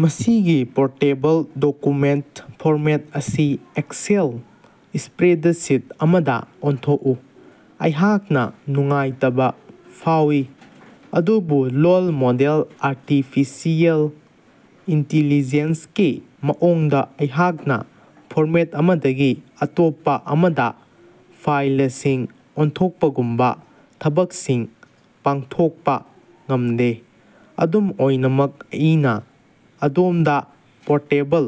ꯃꯁꯤꯒꯤ portable document format ꯑꯁꯤ Excel spreadsheet ꯑꯃꯗꯥ ꯑꯣꯟꯊꯣꯛꯎ꯫ ꯑꯩꯍꯥꯛꯅꯥ ꯅꯨꯡꯉꯥꯏꯇꯕꯥ ꯐꯥꯎꯏ ꯑꯗꯨꯕꯨ ꯂꯣꯜ ꯃꯣꯗꯦꯜ ꯑꯥꯔꯇꯤꯐꯤꯁꯤꯌꯦꯜ ꯏꯟꯇꯤꯂꯤꯖꯦꯟꯁꯀꯤ ꯃꯑꯣꯡꯗꯥ ꯑꯩꯍꯥꯛꯅꯥ ꯐꯣꯔꯃꯦꯠ ꯑꯃꯗꯒꯤ ꯑꯇꯣꯞꯄꯥ ꯑꯃꯗꯥ ꯐꯥꯏꯂꯁꯤꯡ ꯑꯣꯟꯊꯣꯛꯄꯒꯨꯝꯕꯥ ꯊꯕꯛꯁꯤꯡ ꯄꯥꯡꯊꯣꯛꯄꯥ ꯉꯝꯗꯦ꯫ ꯑꯗꯨꯝ ꯑꯣꯏꯅꯃꯛ ꯑꯩꯅꯥ ꯑꯗꯣꯝꯗꯥ ꯄꯣꯔꯇꯦꯕꯜ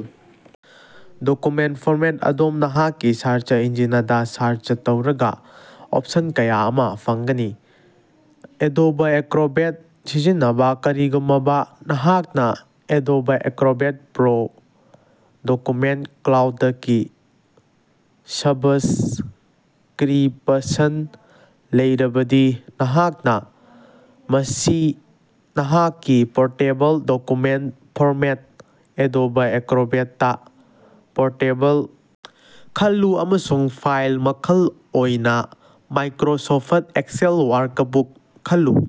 ꯗꯣꯀꯨꯃꯦꯟꯠ ꯐꯣꯔꯃꯦꯠ ꯑꯗꯣꯝ ꯅꯍꯥꯛꯀꯤ ꯁꯥꯔꯆ ꯏꯟꯖꯤꯅꯗꯥ ꯁꯥꯔꯆ ꯇꯧꯔꯒꯥ ꯑꯣꯞꯁꯟ ꯀꯌꯥ ꯑꯃꯥ ꯐꯪꯒꯅꯤ꯫ ꯑꯦꯗꯣꯕ ꯑꯦꯀ꯭ꯔꯣꯕꯦꯠ ꯁꯤꯖꯤꯟꯅꯕꯥ ꯀꯔꯤꯒꯨꯃꯕꯥ ꯅꯍꯥꯛꯅꯥ ꯑꯦꯗꯣꯕ ꯑꯦꯀ꯭ꯔꯣꯕꯦꯠ ꯄ꯭ꯔꯣ ꯗꯣꯀꯨꯃꯦꯟꯠ ꯀ꯭ꯂꯥꯎꯗꯀꯤ ꯁꯕꯁꯀ꯭ꯔꯤꯄꯁꯟ ꯂꯩꯔꯕꯗꯤ ꯅꯍꯥꯛꯅꯥ ꯃꯁꯤ ꯅꯍꯥꯛꯀꯤ ꯄꯣꯔꯇꯦꯕꯜ ꯗꯣꯀꯨꯃꯦꯟꯠ ꯐꯣꯔꯃꯦꯠ ꯑꯦꯗꯣꯕ ꯑꯦꯀ꯭ꯔꯣꯕꯦꯠꯇꯥ ꯄꯣꯔꯇꯦꯕꯜ ꯈꯜꯂꯨ ꯑꯃꯁꯨꯡ ꯐꯥꯏꯜ ꯃꯈꯜ ꯑꯣꯏꯅꯥ "ꯃꯥꯏꯀ꯭ꯔꯣꯁꯣꯐꯠ ꯑꯦꯛꯁꯦꯜ ꯋꯥꯔꯀꯕꯨꯛ ꯈꯜꯂꯨ꯫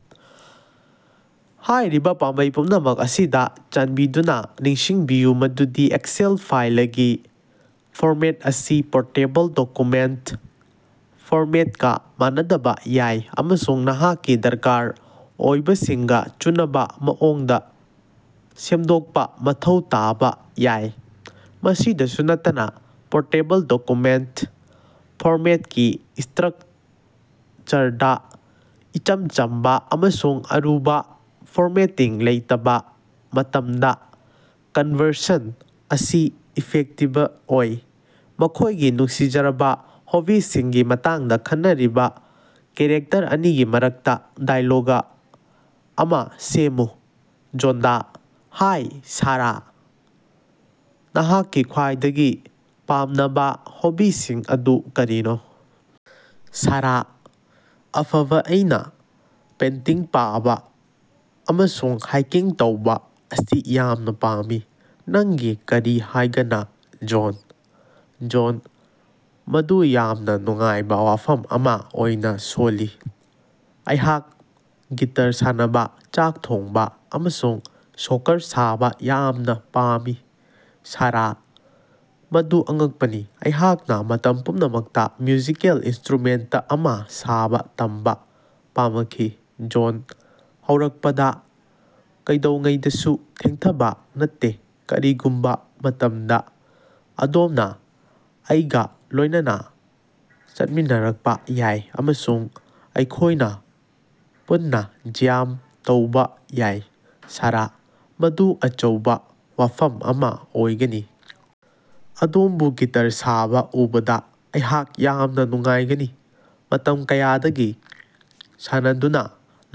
ꯍꯥꯏꯔꯤꯕꯥ ꯄꯥꯝꯕꯩ ꯄꯨꯝꯅꯃꯛ ꯑꯁꯤꯗꯥ ꯆꯥꯟꯕꯤꯗꯨꯅꯥ ꯅꯤꯡꯁꯤꯡꯕꯤꯌꯨ ꯃꯗꯨꯗꯤ ꯑꯦꯛꯁꯦꯜ ꯐꯥꯏꯂꯒꯤ ꯐꯣꯔꯃꯦꯠ ꯑꯁꯤ ꯄꯣꯔꯇꯦꯕꯜ ꯗꯣꯀꯨꯃꯦꯟꯠ ꯐꯣꯔꯃꯦꯠꯀꯥ ꯃꯥꯟꯅꯗꯕꯥ ꯌꯥꯏ ꯑꯃꯁꯨꯡ ꯅꯍꯥꯛꯀꯤ ꯗꯔꯀꯥꯔ ꯑꯣꯏꯕꯁꯤꯡꯒꯥ ꯆꯨꯅꯕꯥ ꯃꯑꯣꯡꯗꯥ ꯁꯦꯝꯗꯣꯛꯄꯥ ꯃꯊꯧ ꯇꯥꯕꯥ ꯌꯥꯏ꯫ ꯃꯁꯤꯗꯁꯨ ꯅꯠꯇꯅꯥ ꯄꯣꯔꯇꯦꯕꯜ ꯗꯣꯀꯨꯃꯦꯟꯠ ꯐꯣꯔꯃꯦꯠꯀꯤ ꯁ꯭ꯇꯔꯛꯆꯔꯗꯥ ꯏꯆꯝ ꯆꯝꯕꯥ ꯑꯃꯁꯨꯡ ꯑꯔꯨꯕꯥ ꯐꯣꯔꯃꯦꯇꯤꯡ ꯂꯩꯇꯕꯥ ꯃꯇꯝꯗꯥ ꯀꯟꯕꯔꯁꯟ ꯑꯁꯤ ꯏꯐꯦꯛꯇꯤꯕ ꯑꯣꯏ꯫ ꯃꯈꯣꯏꯒꯤ ꯅꯨꯡꯁꯤꯖꯔꯕꯥ ꯍꯣꯕꯤꯁꯤꯡꯒꯤ ꯃꯇꯥꯡꯗꯥ ꯈꯟꯅꯔꯤꯕꯥ ꯀꯦꯔꯦꯛꯇꯔ ꯑꯅꯤꯒꯤ ꯃꯔꯛꯇꯥ ꯗꯥꯏꯂꯣꯒ ꯑꯃꯥ ꯁꯦꯝꯃꯨ꯫ ꯖꯣꯟꯗꯥ: ꯍꯥꯏ ꯁꯥꯔꯥ ꯅꯍꯥꯛꯀꯤ ꯈ꯭ꯋꯥꯏꯗꯒꯤ ꯄꯥꯝꯅꯕꯥ ꯍꯣꯕꯤꯁꯤꯡ ꯑꯗꯨ ꯀꯔꯤꯅꯣ? ꯁꯥꯔꯥ: ꯑꯐꯕ ꯑꯩꯅꯥ ꯄꯦꯟꯇꯤꯡ ꯄꯥꯕꯥ ꯑꯃꯁꯨꯡ ꯍꯥꯏꯀꯤꯡ ꯇꯧꯕꯥ ꯑꯁꯤ ꯌꯥꯝꯅꯥ ꯄꯥꯝꯃꯤ꯫ ꯅꯪꯒꯤ ꯀꯔꯤ ꯍꯥꯏꯒꯅ ꯖꯣꯟ? ꯖꯣꯟ: ꯃꯗꯨ ꯌꯥꯝꯅꯥ ꯅꯨꯡꯉꯥꯏꯕꯥ ꯋꯥꯐꯝ ꯑꯃꯥ ꯑꯣꯏꯅꯥ ꯁꯣꯜꯂꯤ꯫ ꯑꯩꯍꯥꯛ ꯒꯤꯇꯔ ꯁꯥꯟꯅꯕꯥ ꯆꯥꯛ ꯊꯣꯡꯕꯥ ꯑꯃꯁꯨꯡ ꯁꯣꯀꯔ ꯁꯥꯕꯥ ꯌꯥꯝꯅꯥ ꯄꯥꯝꯃꯤ꯫ ꯁꯥꯔꯥ: ꯃꯗꯨ ꯑꯉꯛꯄꯅꯤ꯫ ꯑꯩꯍꯥꯛꯅꯥ ꯃꯇꯝ ꯄꯨꯝꯅꯃꯛꯇꯥ ꯃ꯭ꯌꯨꯖꯤꯀꯦꯜ ꯏꯟꯁꯇ꯭ꯔꯨꯃꯦꯟꯇ ꯑꯃꯥ ꯁꯥꯕꯥ ꯇꯝꯕꯥ ꯄꯥꯃꯈꯤ꯫ ꯖꯣꯟ: ꯍꯧꯔꯛꯄꯗꯥ ꯀꯩꯗꯧꯉꯩꯗꯁꯨ ꯊꯦꯡꯊꯕꯥ ꯅꯠꯇꯦ꯫ ꯀꯔꯤꯒꯨꯝꯕꯥ ꯃꯇꯝꯗꯥ ꯑꯗꯣꯝꯅꯥ ꯑꯩꯒꯥ ꯂꯣꯏꯅꯅꯥ ꯆꯠꯃꯤꯟꯅꯔꯛꯄꯥ ꯌꯥꯏ ꯑꯃꯁꯨꯡ ꯑꯩꯈꯣꯏꯅꯥ ꯄꯨꯟꯅꯥ ꯖ꯭ꯌꯥꯝ ꯇꯧꯕꯥ ꯌꯥꯏ꯫ ꯁꯥꯔꯥ: ꯃꯗꯨ ꯑꯆꯧꯕꯥ ꯋꯥꯐꯝ ꯑꯃꯥ ꯑꯣꯏꯒꯅꯤ! ꯑꯗꯣꯝꯕꯨ ꯒꯤꯇꯔ ꯁꯥꯕꯥ ꯎꯕꯗꯥ ꯑꯩꯍꯥꯛ ꯌꯥꯝꯅꯥ ꯅꯨꯡꯉꯥꯏꯒꯅꯤ꯫ ꯃꯇꯝ ꯀꯌꯥꯗꯒꯤ ꯁꯥꯟꯅꯗꯨꯅꯥ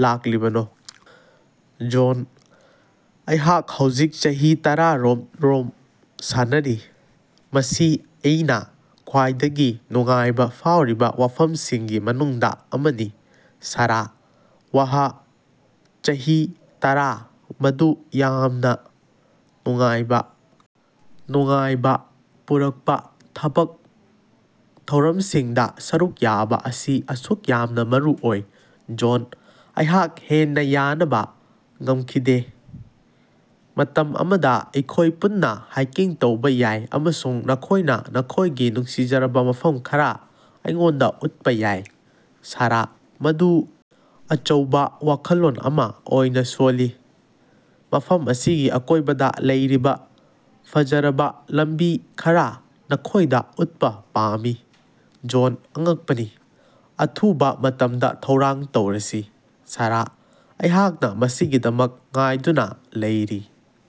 ꯂꯥꯛꯂꯤꯕꯅꯣ? ꯖꯣꯟ: ꯑꯩꯍꯥꯛ ꯍꯧꯖꯤꯛ ꯆꯍꯤ ꯇꯔꯥꯔꯣꯝ ꯔꯣꯝ ꯁꯥꯟꯅꯔꯤ꯫ ꯃꯁꯤ ꯑꯩꯅꯥ ꯈ꯭ꯋꯥꯏꯗꯒꯤ ꯅꯨꯡꯉꯥꯏꯕꯥ ꯐꯥꯎꯔꯤꯕꯥ ꯋꯥꯐꯝꯁꯤꯡꯒꯤ ꯃꯅꯨꯡꯗꯥ ꯑꯃꯅꯤ꯫ ꯁꯥꯔꯥ: ꯋꯥꯍ ꯆꯍꯤ ꯇꯔꯥ ꯃꯗꯨ ꯌꯥꯝꯅꯥ ꯅꯨꯡꯉꯥꯏꯕꯥ ꯅꯨꯡꯉꯥꯏꯕꯥ ꯄꯨꯔꯛꯄꯥ ꯊꯥꯕꯛ ꯊꯧꯔꯝꯁꯤꯡꯗꯥ ꯁꯔꯨꯛ ꯌꯥꯕꯥ ꯑꯁꯤ ꯑꯁꯨꯛ ꯌꯥꯝꯅꯥ ꯃꯔꯨꯑꯣꯏ꯫ ꯖꯣꯟ: ꯑꯩꯍꯥꯛ ꯍꯦꯟꯅꯥ ꯌꯥꯅꯕꯥ ꯉꯝꯈꯤꯗꯦ꯫ ꯃꯇꯝ ꯑꯃꯗꯥ ꯑꯩꯈꯣꯏ ꯄꯨꯟꯅꯥ ꯍꯥꯏꯀꯤꯡ ꯇꯧꯕꯥ ꯌꯥꯏ ꯑꯃꯁꯨꯡ ꯅꯈꯣꯏꯅꯥ ꯅꯈꯣꯏꯒꯤ ꯅꯨꯡꯁꯤꯖꯔꯕꯥ ꯃꯐꯝ ꯈꯔꯥ ꯑꯩꯉꯣꯟꯗꯥ ꯎꯠꯄꯥ ꯌꯥꯏ꯫ ꯁꯥꯔꯥ: ꯃꯗꯨ ꯑꯆꯧꯕꯥ ꯋꯥꯈꯜꯂꯣꯟ ꯑꯃꯥ ꯑꯣꯏꯅꯥ ꯁꯣꯜꯂꯤ꯫ ꯃꯐꯝ ꯑꯁꯤꯒꯤ ꯑꯀꯣꯏꯕꯗꯥ ꯂꯩꯔꯤꯕꯥ ꯐꯖꯔꯕꯥ ꯂꯝꯕꯤ ꯈꯔꯥ ꯅꯈꯣꯏꯗꯥ ꯎꯠꯄꯥ ꯄꯥꯝꯃꯤ꯫ ꯖꯣꯟ: ꯑꯉꯛꯄꯅꯤ꯫ ꯑꯊꯨꯕꯥ ꯃꯇꯝꯗꯥ ꯊꯧꯔꯥꯡ ꯇꯧꯔꯁꯤ꯫ ꯁꯥꯔꯥ: ꯑꯩꯍꯥꯛꯅꯥ ꯃꯁꯤꯒꯤꯗꯃꯛ ꯉꯥꯏꯗꯨꯅꯥ ꯂꯩꯔꯤ꯫